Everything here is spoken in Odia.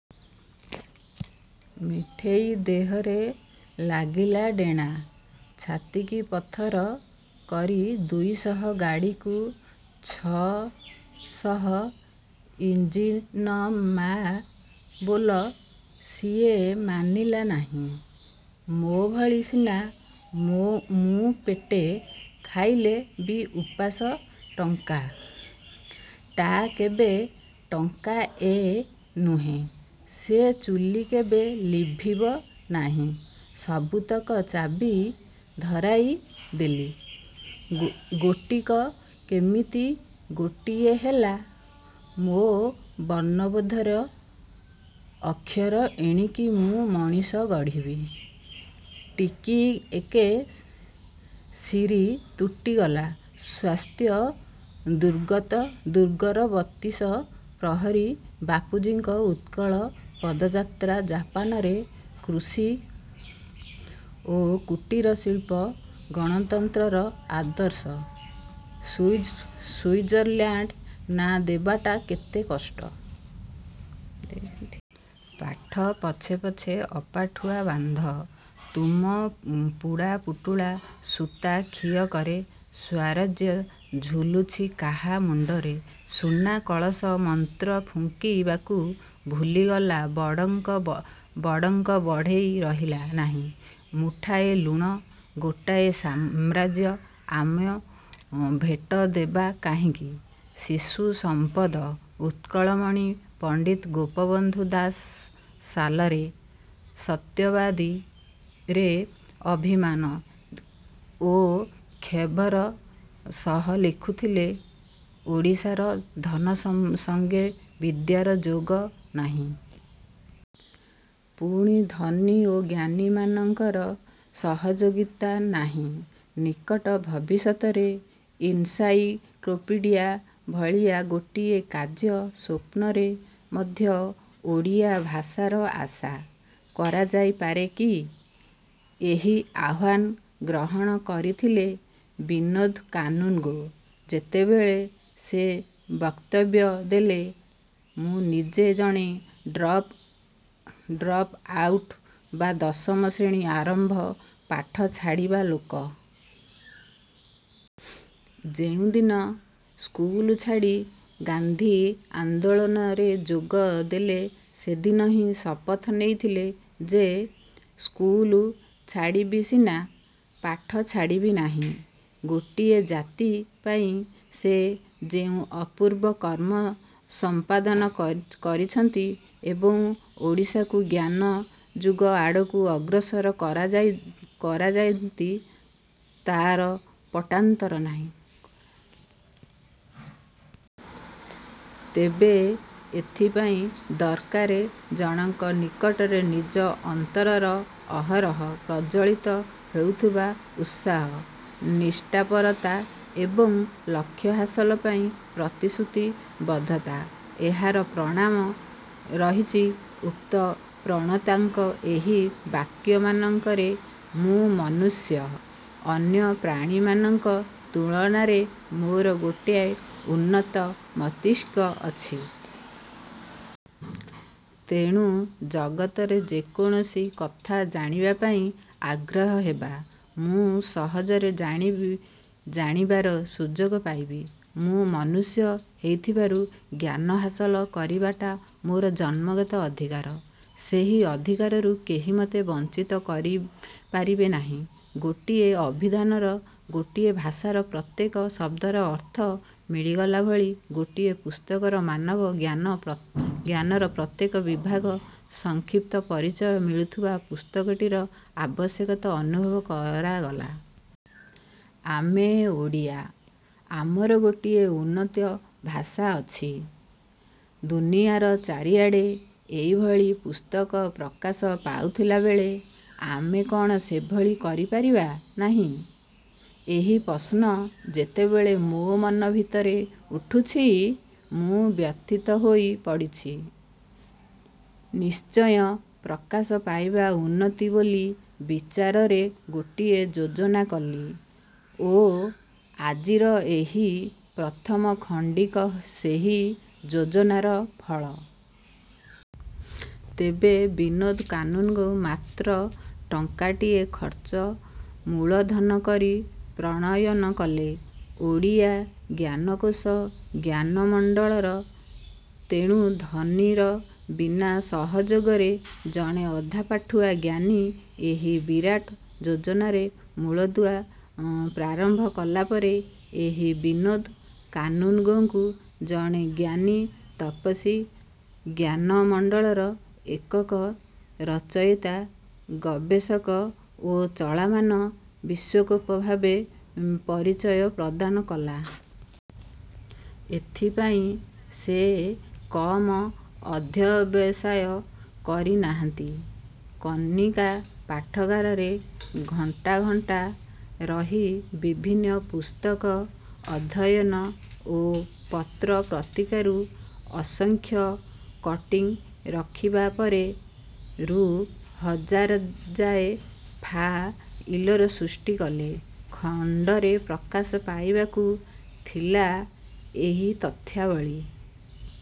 ମିଠେଇ ଦେହରେ ଲାଗିଲା ଡେଣା ଛାତିକି ପଥର କରି ଦୁଇଶହ ଗାଡ଼ିକୁ ଛ'ଶହ ଇଞ୍ଜି ନ ମା' ବୋଲ ସିଏ ମାନିଲା ନାହିଁ ମୋ ଭଳି ସିନା ମୁଁ ପେଟେ ଖାଇଲେ ବି ଉପାସ ଟଙ୍କ। ଟା କେବେ ଟଙ୍କ। ଏ ନୁହେଁ ସେ ଚୁଲି କେବେ ଲିଭିବି ନାହିଁ ସବୁତକ ଚାବି ଧରାଇ ଦେଲି ଗୋଟିକ କେମିତି କୋଟିଏ ହେଲା ମୋ ବର୍ଣ୍ଣବୋଧରେ ଅକ୍ଷର ଏଣିକି ମୁଁ ମଣିଷ ଗଢ଼ିବି ଟିକିଏକେ ଶିରୀ ତୁଟିଗଲା ସ୍ୱାସ୍ଥ୍ୟ ଦୁର୍ଗର ବତିଶ ପ୍ରହରୀ ବାପୁଜୀଙ୍କ ଉତ୍କଳରେ ପଦଯାତ୍ରା ଜାପାନରେ କୃଷି ଓ କୁଟୀର ଶିଳ୍ପ ଗଣତନ୍ତ୍ରର ଆଦର୍ଶ ସୁଇଜରଲ୍ୟାଣ୍ଡ ନାଁ ଦେବାଟା କେତେ କଷ୍ଟ! ପାଠ ପଛେ ପଛେ ଅପାଠୁଆ ବାନ୍ଧ ତୁମ ପୁଡ଼ା ପୁଟୁଳା ସୂତା ଖିଅକରେ ସ୍ୱରାଜ୍ୟ ଝୁଲୁଛି କାହା ମୁଣ୍ଡରେ ସୁନା କଳସ ମନ୍ତ୍ର ଫୁଙ୍କି ବାକୁ ଭୁଲିଗଲା ବଡ଼ଙ୍କ ବଡେ଼ଇ ରହିଲା ନାହିଁ ମୁଠାଏ ଲୁଣ ଗୋଟିଏ ସାମ୍ରାଜ୍ୟ ଆମେ ଭୋଟ ଦେବା କାହିଁକି ଶିଶୁ ସମ୍ପଦ ଉତ୍କଳମଣି ପଣ୍ଡିତ ଗୋପବନ୍ଧୁ ଦାସ ସାଲରେ " ସତ୍ୟବାଦୀ "ରେ ଅଭିମାନ ଓ କ୍ଷୋଭର ସହ ଲେଖିଥିଲେ, ଓଡ଼ିଶାରେ ଧନ ସଙ୍ଗେ ବିଦ୍ୟାର ଯୋଗ ନାହିଁ। ପୁଣି ଧନୀ ଓ ଜ୍ଞାନୀମାନଙ୍କର ସହଯୋଗିତା ନାହିଁ ନିକଟ ଭବିଷ୍ୟତରେ ଇନସାଇକ୍ଲୋପିଡ଼ିଆ ଭଳିଆ ଗୋଟିଏ କାର୍ଯ୍ୟ ସ୍ୱପ୍ନରେ ମଧ୍ୟ ଓଡ଼ିଆ ଭାଷାରେ ଆଶା କରାଯାଇପାରେ କି? ଏହି ଆହ୍ୱାନ ଗ୍ରହଣ କରିଥିଲେ ବିନୋଦ କାନୁନଗୋ, ଯେତେବେଳେ ସେ ବକ୍ତବ୍ୟ ଦେଲେ, ମୁଁ ନିଜେ ଜଣେ ଡ୍ରପ ଆଉଟ ବା ଦଶମ ଶ୍ରେଣୀ ଆରମ୍ଭରୁ ପାଠ ଛାଡ଼ିବା ଲୋକ। ଯେଉଁଦିନ ସ୍କୁଲ ଛାଡ଼ି ଗାନ୍ଧୀ ଆନ୍ଦୋଳନରେ ଯୋଗ ଦେଲି ସେଦିନ ହିଁ ଶପଥ ନେଇଥିଲି ଯେ, ସ୍କୁଲ ଛାଡ଼ିବି ସିନା, ପାଠ ଛାଡ଼ିବି ନାହିଁ। ଗୋଟିଏ ଜାତି ପାଇଁ ସେ ଯେଉଁ ଅପୂର୍ବ କର୍ମ ସଂପାଦନ କରିଛନ୍ତି ଏବଂ ଓଡ଼ିଶାକୁ ଜ୍ଞାନ-ଯୁଗ ଆଡ଼କୁ ଅଗ୍ରସର କରାଇଛନ୍ତି, ତାର ପଟାନ୍ତର ନାହିଁ। ତେବେ ଏଥିପାଇଁ ଦରକାର ଜଣକ ନିକଟରେ ନିଜ ଅନ୍ତରରେ ଅହରହ ପ୍ରଜ୍ୱଳିତ ହେଉଥିବା ଉତ୍ସାହ, ନିଷ୍ଠାପରତା ଏବଂ ଲକ୍ଷ୍ୟ ହାସଲ ପାଇଁ ପ୍ରତିଶ୍ରୁତି ବଦ୍ଧତା। ଏହାର ପ୍ରମାଣ ରହିଛି ଉକ୍ତ ପ୍ରଣେତାଙ୍କ ଏଇ ବାକ୍ୟମାନଙ୍କରେ, ମୁଁ ମନୁଷ୍ୟ। ଅନ୍ୟ ପ୍ରାଣୀମାନଙ୍କ ତୁଳନାରେ ମୋର ଗୋଟିଏ ଉନ୍ନତ ମସ୍ତିଷ୍କ ଅଛି। ତେଣୁ ଜଗତର ଯେ କୌଣସି କଥା ଜାଣିବା ପାଇଁ ଆଗ୍ରହ ହେବ। ମୁଁ ସହଜରେ ଜାଣିବି-ଜାଣିବାର ସୁଯୋଗ ପାଇବି। ମୁଁ ମନୁଷ୍ୟ ହୋଇଥିବାରୁ ଜ୍ଞାନ ହାସଲ କରିବାଟା ମୋର ଜନ୍ମଗତ ଅଧିକାର। ସେହି ଅଧିକାରରୁ କେହି ମୋତେ ବଞ୍ଚିତ କରିପାରିବେ ନାହିଁ। ଗୋଟିଏ ଅଭିଧାନରୁ ଗୋଟିଏ ଭାଷାର ପ୍ରତ୍ୟେକ ଶବ୍ଦର ଅର୍ଥ ମିଳିଗଲା ଭଳି ଗୋଟିଏ ପୁସ୍ତକରୁ ମାନବ ଜ୍ଞାନର ପ୍ରତ୍ୟେକ ବିଭାଗର ସଂକ୍ଷିପ୍ତ ପରିଚୟ ମିଳୁଥିବା ପୁସ୍ତକଟିର ଆବଶ୍ୟକତା ଅନୁଭବ କରାଗଲା ଆମେ ଓଡ଼ିଆ। ଆମର ଗୋଟିଏ ଉନ୍ନତ ଭାଷା ଅଛି। ଦୁନିଆର ଚାରିଆଡେ଼ ଏହି ଭଳି ପୁସ୍ତକ ପ୍ରକାଶ ପାଉଥିଲା ବେଳେ ଆମେ କଣ ସେଭଳି କରି ପାରିବା ନାହିଁ? ଏହି ପ୍ରଶ୍ନ ଯେତେବେଳେ ମୋ ମନ ଭିତରେ ଉଠିଛି, ମୁଁ ବ୍ୟଥିତ ହୋଇ ପଡ଼ିଛି ନିଶ୍ଚୟ ପ୍ରକାଶ ପାଇବା ଉଚିତ ବୋଲି ବିଚାରି ରେ ଗୋଟିଏ ଯୋଜନା କଲି ଓ ଆଜିର ଏହି ପ୍ରଥମ ଖଣ୍ଡିକ ସେଇ ଯୋଜନାର ଫ ଳ।। ତେବେ ବିନୋଦ କାନୁନଗୋ ମାତ୍ର ଟଙ୍କ। ଟିଏ ଖର୍ଚ୍ଚ ମୂଳଧନ କରି ପ୍ରଣୟନ କଲେ ଓଡ଼ିଆ ଜ୍ଞାନକୋଷ ଜ୍ଞାନମଣ୍ଡଳ। ତେଣୁ ଧନୀର ବିନା ସହଯୋଗରେ ଜଣେ ଅଧାପାଠୁଆ ଜ୍ଞାନୀ ଏଇ ବିରାଟ ଯୋଜନାର ମୂଳଦୁଆ ପ୍ରାରମ୍ଭ କଲାପରେ ଏହା ବିନୋଦ କାନୁନଗୋଙ୍କୁ ଜଣେ ଜ୍ଞାନ-ତପସ୍ୱୀ, ଜ୍ଞାନ ମଣ୍ଡଳର ଏକକ ରଚୟିତା, ଗବେଷକ ଓ ଚଳମାନ ବିଶ୍ୱକୋଷ ଭାବେ ପରିଚୟ ପ୍ରଦାନ କଲା। ଏଥିପାଇଁ ସେ କମ ଅଧ୍ୟବସାୟ କରିନାହାନ୍ତି। କନିକା ପାଠାଗାରରେ ଘଣ୍ଟା ଘଣ୍ଟା ରହି ବିଭିନ୍ନ ପୁସ୍ତକ ଅଧ୍ୟୟନ ଓ ପତ୍ର ପତ୍ରିକାରୁ ଅସଂଖ୍ୟ କଟିଂ ରଖିବା ପରେ ରୁ ହଜାର ଯାଏ ଫ। ଇଲ ସୃଷ୍ଟି କଲେ। ଖଣ୍ଡରେ ପ୍ରକାଶ ପାଇବାକୁ ଥି ଲା ଏଇ ତଥ୍ୟାବଳୀ।